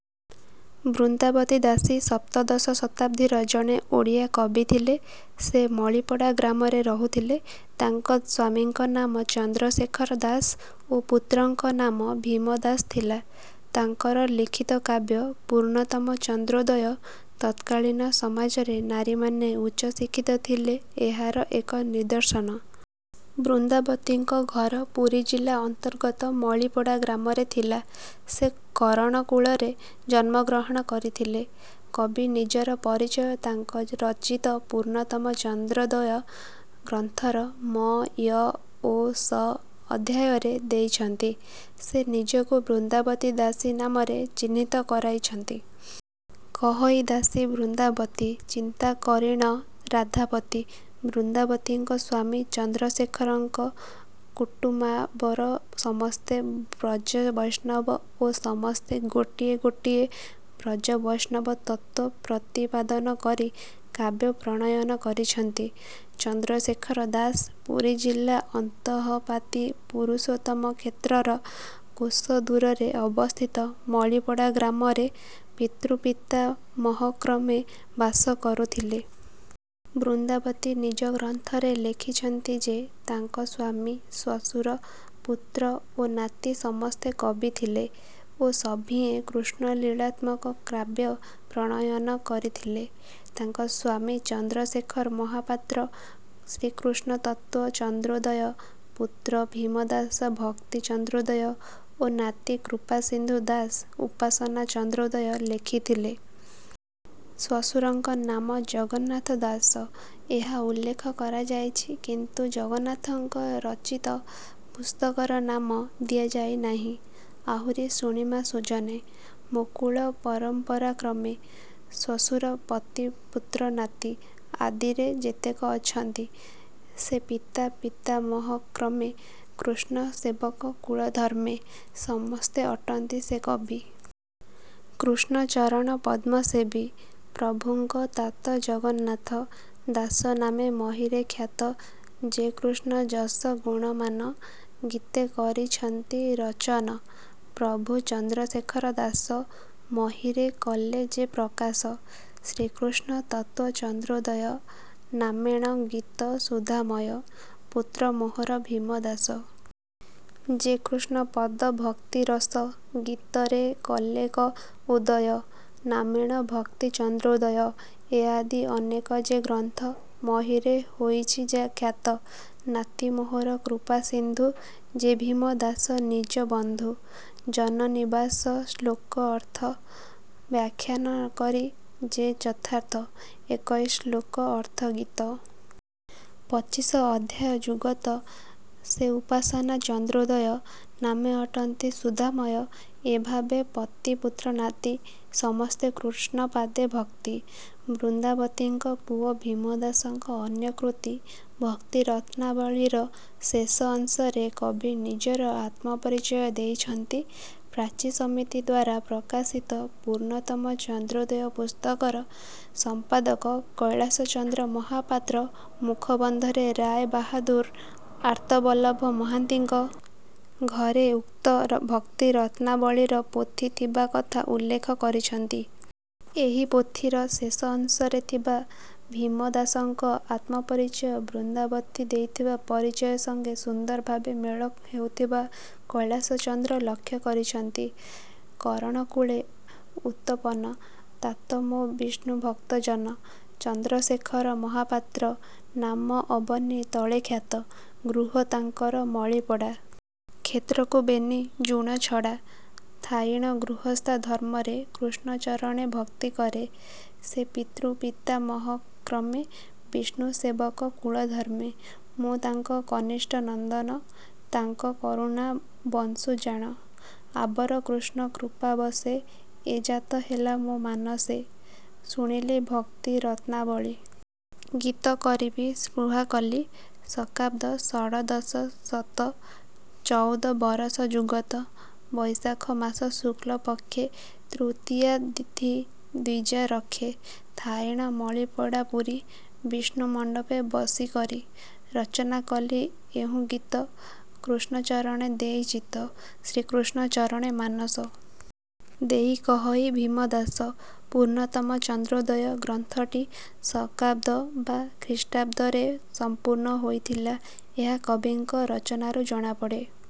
ବୃନ୍ଦାବତୀ ଦାସୀ ସପ୍ତଦଶ ଶତାବ୍ଦୀର ଜଣେ ଓଡ଼ିଆ କବି ଥିଲେ। ସେ ମଳିପଡ଼ା ଗ୍ରାମରେ ରହୁଥିଲେ। ତାଙ୍କ ସ୍ୱାମୀଙ୍କ ନାମ ଚନ୍ଦ୍ରଶେଖର ଦାସ ଓ ପୁତ୍ରଙ୍କ ନାମ ଭୀମ ଦାସ ଥିଲା। ତାଙ୍କର ଲିଖିତ କାବ୍ୟ 'ପୂର୍ଣ୍ଣତମ ଚନ୍ଦ୍ରୋଦୟ' ତତ୍କାଳୀନ ସମାଜରେ ନାରୀମାନେ ଉଚ୍ଚଶିକ୍ଷିତ ଥିଲେ ଏହାର ଏକ ନିଦର୍ଶନ। ବୃନ୍ଦାବତୀଙ୍କ ଘର ପୁରୀ ଜିଲ୍ଲା ଅନ୍ତର୍ଗତ ମଳିପଡ଼ା ଗ୍ରାମରେ ଥିଲା। ସେ କରଣକୁଳରେ ଜନ୍ମଗ୍ରହଣ କରିଥିଲେ। କବି ନିଜର ପରିଚୟ ତାଙ୍କ ରଚିତ ପୂର୍ଣ୍ଣତମ ଚନ୍ଦ୍ରୋଦୟ ଗ୍ରନ୍ଥର ମ, ୟ ଓ ଶ ଅଧ୍ୟାୟରେ ଦେଇଛନ୍ତି। ସେ ନିଜକୁ 'ବୃନ୍ଦାବତୀ ଦାସୀ' ନାମରେ ଚିହ୍ନିତ କରାଇଛନ୍ତି। କହଇ ଦାସୀ ବୃନ୍ଦାବତୀ। ଚିନ୍ତା କରିଣ ରାଧାପତି। ବୃନ୍ଦାବତୀଙ୍କ ସ୍ୱାମୀ ଚନ୍ଦ୍ରଶେଖରଙ୍କ କୁଟୁମାବର ସମସ୍ତେ ବ୍ରଜ ବୈଷ୍ଣବ ଓ ସମସ୍ତେ ଗୋଟିଏ ଗୋଟିଏ ବ୍ରଜବୈଷ୍ଣବ ତତ୍ତ୍ୱ ପ୍ରତିପାଦନ କରି କାବ୍ୟ ପ୍ରଣୟନ କରିଛନ୍ତି। ଚନ୍ଦ୍ରଶେଖର ଦାସ ପୁରୀଜିଲ୍ଲା ଅନ୍ତଃପାତି ପୁରୁଷୋତ୍ତମ କ୍ଷେତ୍ରର କୋଶ ଦୂରରେ ଅବସ୍ଥିତ ମଳିପଡ଼ା ଗ୍ରାମରେ ପିତୃପିତାମହକ୍ରମେ ବାସ କରୁଥିଲେ। ବୃନ୍ଦାବତୀ ନିଜ ଗ୍ରନ୍ଥରେ ଲେଖିଛନ୍ତି ଯେ ତାଙ୍କ ସ୍ୱାମୀ, ଶ୍ୱଶୁର, ପୁତ୍ର ଓ ନାତି ସମସ୍ତେ କବି ଥିଲେ ଓ ସଭିଏଁ କୃଷ୍ଣଲୀଳାତ୍ମକ କାବ୍ୟ ପ୍ରଣୟନ କରିଥିଲେ। ତାଙ୍କ ସ୍ୱାମୀ ଚନ୍ଦ୍ରଶେଖର ମହାପାତ୍ର ଶ୍ରୀକୃଷ୍ଣତତ୍ତ୍ୱ ଚନ୍ଦ୍ରୋଦୟ, ପୁତ୍ର ଭୀମଦାସ ଭକ୍ତି ଚନ୍ଦ୍ରୋଦୟ ଓ ନାତି କୃପାସିନ୍ଧୁ ଦାସ ଉପାସନା ଚନ୍ଦ୍ରୋଦୟ ଲେଖିଥିଲେ। ଶ୍ୱଶୁରଙ୍କ ନାମ ଜଗନ୍ନାଥ ଦାସ ଏହା ଉଲ୍ଲେଖ କରାଯାଇଛି କିନ୍ତୁ ଜଗନ୍ନାଥଙ୍କ ରଚିତ ପୁସ୍ତକର ନାମ ଦିଆଯାଇନାହିଁ। ଆହୁରି ଶୁଣିମା ସୁଜନେ। ମୋ କୁଳ ପରମ୍ପରାକ୍ରମେ। ଶ୍ୱଶୁର ପତି ପୁତ୍ର ନାତି। ଆଦିରେ ଯେତେକ ଅଛନ୍ତି। ସେ ପିତା ପିତାମହକ୍ରମେ। କୃଷ୍ଣ ସେବକ କୁଳଧର୍ମେ। ସମସ୍ତେ ଅଟନ୍ତି ସେ କବି। କୃଷ୍ଣ ଚରଣପଦ୍ମ ସେବି। ପ୍ରଭୁଙ୍କ ତାତ ଜଗନ୍ନାଥ। ଦାସ ନାମେ ମହୀରେ ଖ୍ୟାତ। ଯେ କୃଷ୍ଣ ଯଶ ଗୁଣମାନ। ଗୀତେ କରିଛନ୍ତି ରଚନ। ପ୍ରଭୁ ଚନ୍ଦ୍ରଶେଖର ଦାସ। ମହୀରେ କଲେ ଯେ ପ୍ରକାଶ। ଶ୍ରୀକୃଷ୍ଣ ତତ୍ତ୍ୱ ଚନ୍ଦ୍ରୋଦୟ। ନାମେଣ ଗୀତ ସୁଧାମୟ। ପୁତ୍ର ମୋହର ଭୀମଦାସ। ଯେ କୃଷ୍ଣପଦ ଭକ୍ତିରସ। ଗୀତରେ କଲେକ ଉଦୟ। ନାମେଣ ଭକ୍ତି ଚନ୍ଦ୍ରୋଦୟ। ଏ ଆଦି ଅନେକ ଯେ ଗ୍ରନ୍ଥ। ମହୀରେ ହୋଇଛି ଯା ଖ୍ୟାତ। ନାତି ମୋହର କୃପାସିନ୍ଧୁ। ଯେ ଭୀମଦାସ ନିଜ ବନ୍ଧୁ। ଜନନିବାସ ଶ୍ଳୋକ ଅର୍ଥ। ବ୍ୟାଖ୍ୟାନ କରି ଯେ ଯଥାର୍ଥ। ଏକଇ ଶ୍ଳୋକ ଅର୍ଥଗୀତ। ପଚିଶ ଅଧ୍ୟାୟ ଯୁଗତ। ସେ ଉପାସନା ଚନ୍ଦ୍ରୋଦୟ। ନାମେ ଅଟନ୍ତି ସୁଧାମୟ। ଏଭାବେ ପତି ପୁତ୍ର ନାତି। ସମସ୍ତେ କୃଷ୍ଣ ପାଦେ ଭକ୍ତି। ବୃନ୍ଦାବତୀଙ୍କ ପୁଅ ଭୀମଦାସଙ୍କ ଅନ୍ୟ କୃତି ଭକ୍ତିରତ୍ନାବଳୀର ଶେଷ ଅଂଶରେ କବି ନିଜର ଆତ୍ମପରିଚୟ ଦେଇଛନ୍ତି। ପ୍ରାଚୀ ସମିତିଦ୍ୱାରା ପ୍ରକାଶିତ ପୂର୍ଣ୍ଣତମ ଚନ୍ଦ୍ରୋଦୟ ପୁସ୍ତକର ସମ୍ପାଦକ କୈଳାସଚନ୍ଦ୍ର ମହାପାତ୍ର ମୁଖବନ୍ଧରେ ରାୟ ବାହାଦୁର ଆର୍ତ୍ତବଲ୍ଲଭ ମହାନ୍ତିଙ୍କ ଘରେ ଉକ୍ତ ଭକ୍ତିରତ୍ନାବଳୀର ପୋଥି ଥିବା କଥା ଉଲ୍ଲେଖ କରିଛନ୍ତି। ଏହି ପୋଥିର ଶେଷ ଅଂଶରେ ଥିବା ଭୀମ ଦାସଙ୍କ ଆତ୍ମପରିଚୟ ବୃନ୍ଦାବତୀ ଦେଇଥିବା ପରିଚୟ ସଙ୍ଗେ ସୁନ୍ଦର ଭାବେ ମେଳ ହେଉଥିବା କୈଳାସଚନ୍ଦ୍ର ଲକ୍ଷ୍ୟ କରିଛନ୍ତି। କରଣ କୁଳେ ଉତପନ। ତାତ ମୋ ବିଷ୍ଣୁଭକ୍ତ ଜନ। ଚନ୍ଦ୍ରଶେଖର ମହାପାତ୍ର। ନାମ ଅବନୀ ତଳେ ଖ୍ୟାତ। ଗୃହ ତାଙ୍କର ମଳିପଡ଼ା। କ୍ଷେତ୍ରକୁ ବେନି ଯୁଣ ଛଡ଼ା। ଥାଇଣ ଗୃହସ୍ଥା ଧର୍ମରେ। କୃଷ୍ଣ ଚରଣେ ଭକ୍ତି କରେ। ସେ ପିତୃପିତାମହକ୍ରମେ। ବିଷ୍ଣୁ ସେବକ କୁଳଧର୍ମେ। ମୁଁ ତାଙ୍କ କନିଷ୍ଠ ନନ୍ଦନ। ତାଙ୍କ କରୁଣା ବଶୁଁ ଜାଣ। ଆବର କୃଷ୍ଣ କୃପାବଶେ। ଏ ଜାତ ହେଲା ମୋ ମାନସେ। ଶୁଣିଲି ଭକ୍ତିରତ୍ନାବଳୀ। ଗୀତ କରିବି ସ୍ପୃହା କଲି। ଶକାବ୍ଦ ଷଡ଼ଦଶ ଶତ। ଚଉଦ ବରଷ ଯୁଗତ। ବୈଶାଖମାସ ଶୁକ୍ଳ ପକ୍ଷେ। ତୃତୀୟା ତିଥି ଦ୍ୱିଜା ଋକ୍ଷେ। ଥାଇଣ ମଳିପଡ଼ା ପୁରୀ। ବିଷ୍ଣୁ ମଣ୍ଡପେ ବସି କରି। ରଚନା କଲି ଏହୁ ଗୀତ। କୃଷ୍ଣ ଚରଣେ ଦେଇ ଚିତ୍ତ। ଶ୍ରୀକୃଷ୍ଣ ଚରଣେ ମାନସ। ଦେଇ କହଇ ଭୀମଦାସ। 'ପୂର୍ଣ୍ଣତମ ଚନ୍ଦ୍ରୋଦୟ' ଗ୍ରନ୍ଥଟି ଶକାବ୍ଦ ବା ଖ୍ରୀଷ୍ଟାବ୍ଦ ରେ ସମ୍ପୂର୍ଣ୍ଣ ହୋଇଥିଲା ଏହା କବିଙ୍କ ରଚନାରୁ ଜଣାପଡ଼େ।।